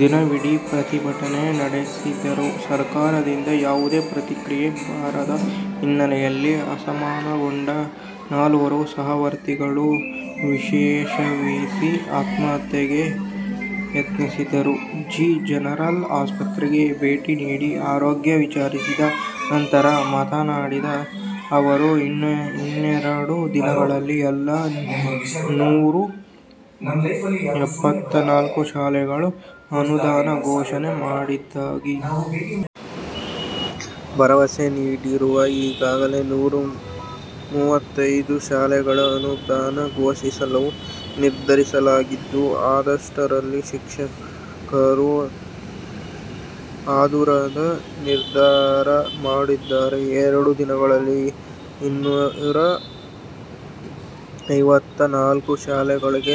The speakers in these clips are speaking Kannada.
ದಿನವಿಡೀ ಪ್ರತಿಭಟನೆ ನಡೆಸಿದರೂ ಸರ್ಕಾರದಿಂದ ಯಾವುದೇ ಪ್ರತಿಕ್ರಿಯೆ ಬಾರದ ಹಿನ್ನೆಲೆಯಲ್ಲಿ ಅಸಮಾಧಾನಗೊಂಡು ನಾಲ್ವರು ಸಹವರ್ತಿಗಳು ವಿಷಸೇವಿಸಿ ಆತ್ಮಹತ್ಯೆಗೆ ಯತ್ನಿಸಿದರು ಸಿ ಜನರಲ್ ಆಸ್ಪತ್ರೆಗೆ ಭೇಟಿ ನೀಡಿ ಆರೋಗ್ಯ ವಿಚಾರಿಸಿದರು ನಂತರ ಮಾತನಾಡಿದ ಅವರು ಇನ್ನೆರಡು ದಿನಗಳಲ್ಲಿ ಎಲ್ಲಾ ಇನ್ನೂರ ಎಪ್ಪತ್ತನಾಲ್ಕು ಶಾಲೆಗಳಿಗೆ ಅನುದಾನ ಘೋಷಣೆ ಮಾಡುವುದಾಗಿ ಭರವಸೆ ನೀಡಿದರು ಈಗಾಗಲೇ ನೂರ ಮೂವತ್ತೈದು ಶಾಲೆಗಳಿಗೆ ಅನುದಾನ ಘೋಷಿಸಲು ನಿರ್ಧರಿಸಲಾಗಿತ್ತು ಅಷ್ಟರಲ್ಲಿ ಶಿಕ್ಷಕರು ಆತುರದ ನಿರ್ಧಾರ ಮಾಡಿದ್ದಾರೆ ಎರಡು ದಿನಗಳಲ್ಲಿ ಇನ್ನೂರ ಎಪ್ಪತ್ತನಾಲ್ಕು ಶಾಲೆಗಳಿಗೂ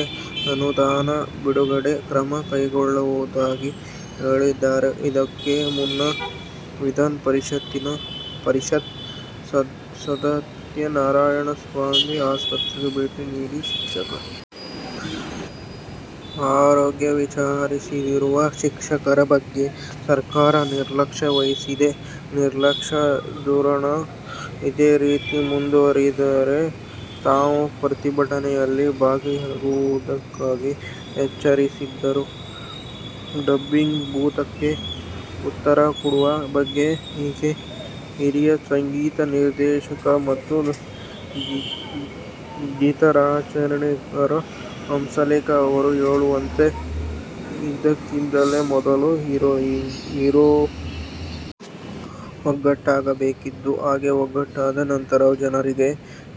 ಅನುದಾನ ಬಿಡುಗಡೆ ಕ್ರಮ ಕೈಗೊಳ್ಳುವುದಾಗಿ ಹೇಳಿದರು ಇದಕ್ಕೂ ಮುನ್ನ ವಿಧಾನಪರಿಷತ್ ಸದಸ್ಯ ನಾರಾಯಣಸ್ವಾಮಿ ಆಸ್ಪತ್ರೆಗೆ ಭೇಟಿ ನೀಡಿ ಶಿಕ್ಷಕರ ಆರೋಗ್ಯ ವಿಚಾರಿಸಿದರು ಶಿಕ್ಷಕರ ಬಗ್ಗೆ ಸರ್ಕಾರ ನಿರ್ಲಕ್ಷ್ಯ ವಹಿಸಿದೆ ನಿರ್ಲಕ್ಷ್ಯ ಧೋರಣೆ ಇದೇ ರೀತಿ ಮುಂದುವರೆದರೆ ತಾವೂ ಪ್ರತಿಭಟನೆಯಲ್ಲಿ ಭಾಗಿಯಾಗುವುದಾಗಿ ಎಚ್ಚರಿಸಿದರು ಡಬ್ಬಿಂಗ್ ಭೂತಕ್ಕೆ ಉತ್ತರ ಕೊಡುವ ಬಗೆ ಹೇಗೆ ಹಿರಿಯ ಸಂಗೀತ ನಿರ್ದೇಶಕ ಮತ್ತು ಗೀತರಚನೆಕಾರ ಹಂಸಲೇಖ ಅವರು ಹೇಳುವಂತೆ ಇದಕ್ಕೆಲ್ಲಾ ಮೊದಲು ಹೀರೋಗಳು ಒಗ್ಗಟ್ಟಾಗಬೇಕಿದೆ ಹಾಗೆ ಒಗ್ಗಟ್ಟಾದ ನಂತರ ಜನರಿಗೆ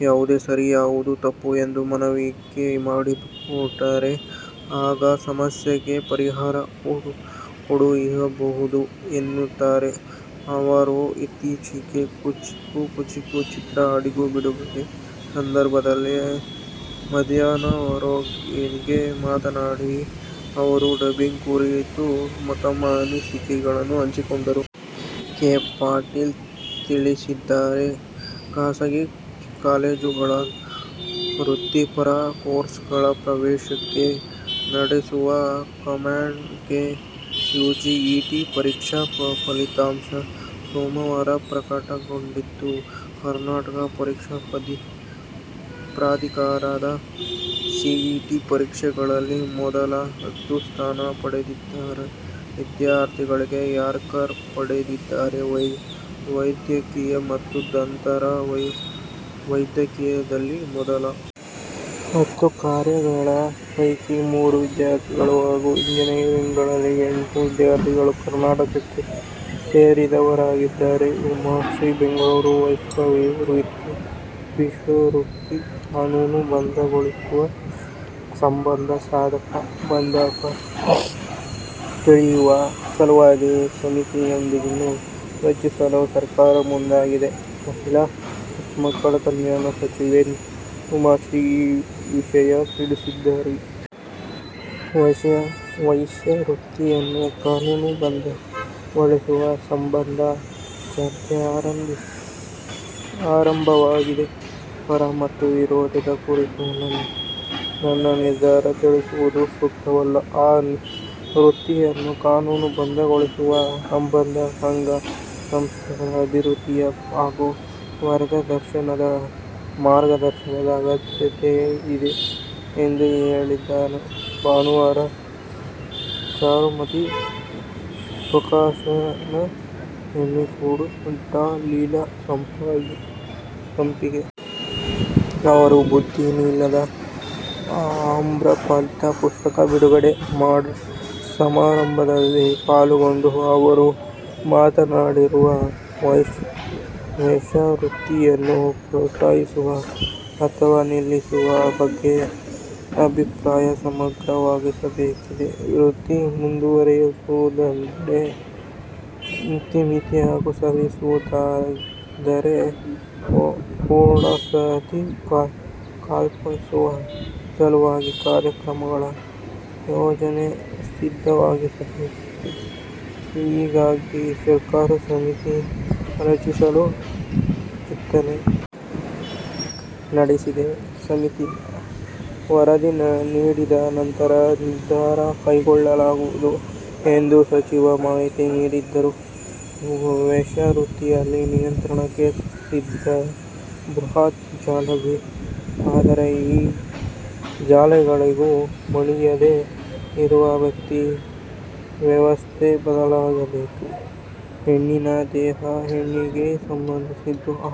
ಯಾವುದು ಸರಿ ಯಾವುದು ತಪ್ಪು ಎಂದು ಮನವರಿಕೆ ಮಾಡಿಕೊಟ್ಟರೆ ಆಗ ಸಮಸ್ಯೆಗೆ ಪರಿಹಾರ ಕಂಡುಹಿಡಿಯಬಹುದು ಎನ್ನುತ್ತಾರೆ ಅವರು ಇತ್ತೀಚೆಗೆ ಕುಚಿಕು ಕುಚಿಕು ಚಿತ್ರದ ಆಡಿಯೋ ಬಿಡುಗಡೆಯ ಸಂದರ್ಭದಲ್ಲಿ ಮಾಧ್ಯಮದವರೊಂದಿಗೆ ಮಾತನಾಡಿದ ಅವರು ಡಬ್ಬಿಂಗ್ ಕುರಿತು ತಮ್ಮ ಅನಿಸಿಕೆಗಳನ್ನು ಹಂಚಿಕೊಂಡರು ಕೆ ಪಾಟೀಲ್ ತಿಳಿಸಿದ್ದಾರೆ ಖಾಸಗಿ ಕಾಲೇಜುಗಳ ವೃತ್ತಿಪರ ಕೋರ್ಸ್‌ಗಳ ಪ್ರವೇಶಕ್ಕೆ ನಡೆಸುವ ಕಾಮೆಡ್ ಕೆ ಯುಜಿಇಟಿ ಪರೀಕ್ಷಾ ಫಲಿತಾಂಶ ಸೋಮವಾರ ಪ್ರಕಟಗೊಂಡಿದ್ದು ಕರ್ನಾಟಕ ಪರೀಕ್ಷಾ ಪ್ರಾಧಿಕಾರದ ಸಿಇಟಿ ಪರೀಕ್ಷೆಯಲ್ಲಿ ಮೊದಲ ಹತ್ತು ಸ್ಥಾನ ಪಡೆದಿದ್ದ ವಿದ್ಯಾರ್ಥಿಗಳೇ ರ್ಯಾಂಕ್ ಪಡೆದಿದ್ದಾರೆ ವೈದ್ಯಕೀಯ ಮತ್ತು ದಂತ ವೈದ್ಯಕೀಯದಲ್ಲಿ ಮೊದಲ ಹತ್ತು ರ್ಯಾಂಕ್‌ಗಳ ಪೈಕಿ ಮೂರು ವಿದ್ಯಾರ್ಥಿಗಳು ಹಾಗೂ ಎಂಜಿನಿಯರಿಂಗ್‌ನಲ್ಲಿ ಎಂಟು ವಿದ್ಯಾರ್ಥಿಗಳು ಕರ್ನಾಟಕಕ್ಕೆ ಸೇರಿದವರಾಗಿದ್ದಾರೆ ಉಮಾಶ್ರೀ ಬೆಂಗಳೂರು ವೇಶ್ಯಾವೃತ್ತಿ ಕಾನೂನುಬದ್ಧಗೊಳಿಸುವ ಸಂಬಂಧ ಸಾಧಕ ಬಾಧಕ ತಿಳಿಯುವ ಸಲುವಾಗಿ ಸಮಿತಿಯೊಂದನ್ನು ರಚಿಸಲು ಸರ್ಕಾರ ಮುಂದಾಗಿದೆ ಮಹಿಳಾ ಮತ್ತು ಮಕ್ಕಳ ಕಲ್ಯಾಣ ಸಚಿವೆ ಉಮಾಶ್ರೀ ಈ ವಿಷಯ ತಿಳಿಸಿದ್ದಾರೆ ವೇಶ್ಯಾವೃತ್ತಿಯನ್ನು ಕಾನೂನುಬದ್ಧಗೊಳಿಸುವ ಸಂಬಂಧ ಚರ್ಚೆ ಆರಂಭವಾಗಿದೆ ಪರ ಮತ್ತು ವಿರೋಧದ ಕುರಿತು ನನ್ನ ನಿರ್ಧಾರ ತಿಳಿಸುವುದು ಸೂಕ್ತವಲ್ಲ ಆ ವೃತ್ತಿಯನ್ನು ಕಾನೂನುಬದ್ಧಗೊಳಿಸುವ ಸಂಬಂಧ ಸಂಘ ಸಂಸ್ಥೆಗಳ ಅಭಿಪ್ರಾಯ ಹಾಗೂ ಮಾರ್ಗದರ್ಶನದ ಅಗತ್ಯತೆ ಇದೆ ಎಂದು ಹೇಳಿದ್ದಾರೆ ಭಾನುವಾರ ಚಾರುಮತಿ ಪ್ರಕಾಶನ ಹಮ್ಮಿಕೊಂಡಿದ್ದ ಡಾ ಲೀಲಾ ಸಂಪಿಗೆ ಅವರ ಬುದ್ಧನಿಲ್ಲದ ಅಮ್ರಪಾಲಿ ಪುಸ್ತಕ ಬಿಡುಗಡೆ ಸಮಾರಂಭದಲ್ಲಿ ಪಾಲ್ಗೊಂಡು ಅವರು ಮಾತನಾಡಿದರು ವೇಶ್ಯಾವೃತ್ತಿಯನ್ನು ಪ್ರೋತ್ಸಾಹಿಸುವ ಅಥವಾ ನಿಲ್ಲಿಸುವ ಬಗ್ಗೆ ಅಭಿಪ್ರಾಯ ಸಂಗ್ರಹವಾಗಬೇಕಿದೆ ವೃತ್ತಿ ಮುಂದುವರೆಸುವುದಾದರೆ ಇತಿ ಮಿತಿ ಹಾಗೂ ನಿಲ್ಲಿಸುವುದಾದರೆ ಪುನರ್ವಸತಿ ಕಲ್ಪಿಸುವ ಸಲುವಾಗಿ ಕಾರ್ಯಕ್ರಮಗಳ ಯೋಜನೆ ಸಿದ್ಧವಾಗಬೇಕಿದೆ ಹೀಗಾಗಿ ಸರ್ಕಾರ ಸಮಿತಿ ರಚಿಸಲು ಚಿಂತನೆ ನಡೆಸಿದೆ ಸಮಿತಿ ವರದಿ ನೀಡಿದ ನಂತರ ನಿರ್ಧಾರ ಕೈಗೊಳ್ಳಲಾಗುವುದು ಎಂದು ಸಚಿವರು ಮಾಹಿತಿ ನೀಡಿದರು ವೇಶ್ಯಾವೃತ್ತಿಯಲ್ಲಿ ನಿಯಂತ್ರಣಕ್ಕೆ ಸಿಗದ ಬೃಹತ್ ಜಾಲವಿದೆ ಆದರೆ ಈ ಜಾಲಗಳಿಗೂ ಮಣಿಯದೆ ಇರುವ ವ್ಯವಸ್ಥೆ ಬದಲಾಗಬೇಕಿದೆ ಹೆಣ್ಣಿನ ದೇಹ ಹೆಣ್ಣಿಗೆ ಸಂಬಂಧಿಸಿದ್ದು ಆ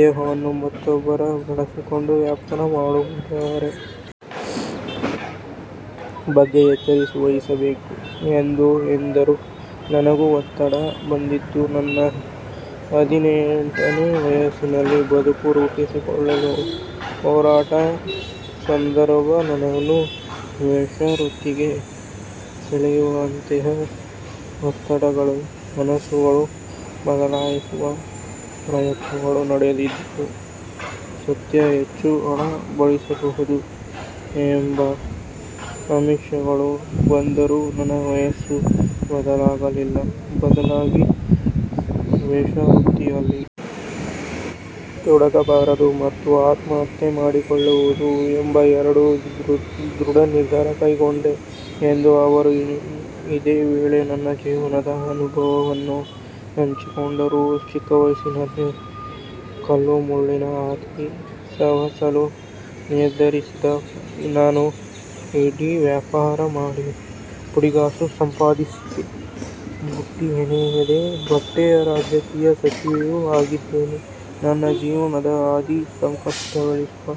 ದೇಹವನ್ನು ಮತ್ತೊಬ್ಬರು ಬಳಸಿಕೊಂಡು ವ್ಯಾಪಾರ ಮಾಡುವುದರ ಬಗ್ಗೆ ಎಚ್ಚರವಹಿಸಬೇಕು ಎಂದರು ನನಗೂ ಒತ್ತಡ ಬಂದಿತ್ತು ನನ್ನ ಹದಿನೆಂಟನೇ ವಯಸ್ಸಿನಲ್ಲಿ ಬದುಕು ರೂಪಿಸಿಕೊಳ್ಳಲು ಹೊರಟ ಸಂದರ್ಭ ನನ್ನನ್ನು ವೇಶ್ಯಾವೃತ್ತಿಗೆ ಸೆಳೆಯುವಂತಹ ಒತ್ತಡಗಳು ಮನಸ್ಸನ್ನು ಬದಲಾಯಿಸುವ ಪ್ರಯತ್ನಗಳು ನಡೆದಿರುವುದು ಸತ್ಯ ಹೆಚ್ಚು ಹಣ ಗಳಿಸಬಹುದು ಎಂಬ ಆಮಿಷಗಳು ಬಂದರೂ ನನ್ನ ಮನಸ್ಸು ಬದಲಾಗಲಿಲ್ಲ ಬದಲಾಗಿ ವೇಶ್ಯಾವೃತ್ತಿಯಲ್ಲಿ ತೊಡಗಬಾರದು ಮತ್ತು ಆತ್ಮಹತ್ಯೆ ಮಾಡಿಕೊಳ್ಳಬಾರದು ಎಂಬ ಎರಡು ದೃಢ ನಿರ್ಧಾರ ಕೈಗೊಂಡೆ ಎಂದು ಅವರು ಇದೇ ವೇಳೆ ತಮ್ಮ ಜೀವನದ ಅನುಭವಗಳನ್ನು ಹಂಚಿಕೊಂಡರು ಚಿಕ್ಕವಯಸ್ಸಿನಲ್ಲೇ ಕಲ್ಲು ಮುಳ್ಳಿನ ಹಾದಿ ಸವೆಸಲು ನಿರ್ಧರಿಸಿದ ನಾನು ಇಡ್ಲಿ ವ್ಯಾಪಾರ ಮಾಡಿ ಪುಡಿಗಾಸು ಸಂಪಾದಿಸಿದೆ ಬುಟ್ಟಿ ಹೆಣೆದೆ ಬಟ್ಟೆ ಅಂಗಡಿಯಲ್ಲಿ ದುಡಿದೆ ನಂತರ ಕಲಾವಿದೆಯೂ ಆದೆ ಈಗ ರಾಜ್ಯದ ಸಚಿವೆಯೂ ಆಗಿದ್ದೇನೆ ನನ್ನ ಜೀವನದ ಹಾದಿ ಸಂಕಷ್ಟದಲ್ಲಿರುವ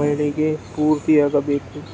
ಮಹಿಳೆಗೆ ಸ್ಫೂರ್ತಿಯಾಗಬೇಕು.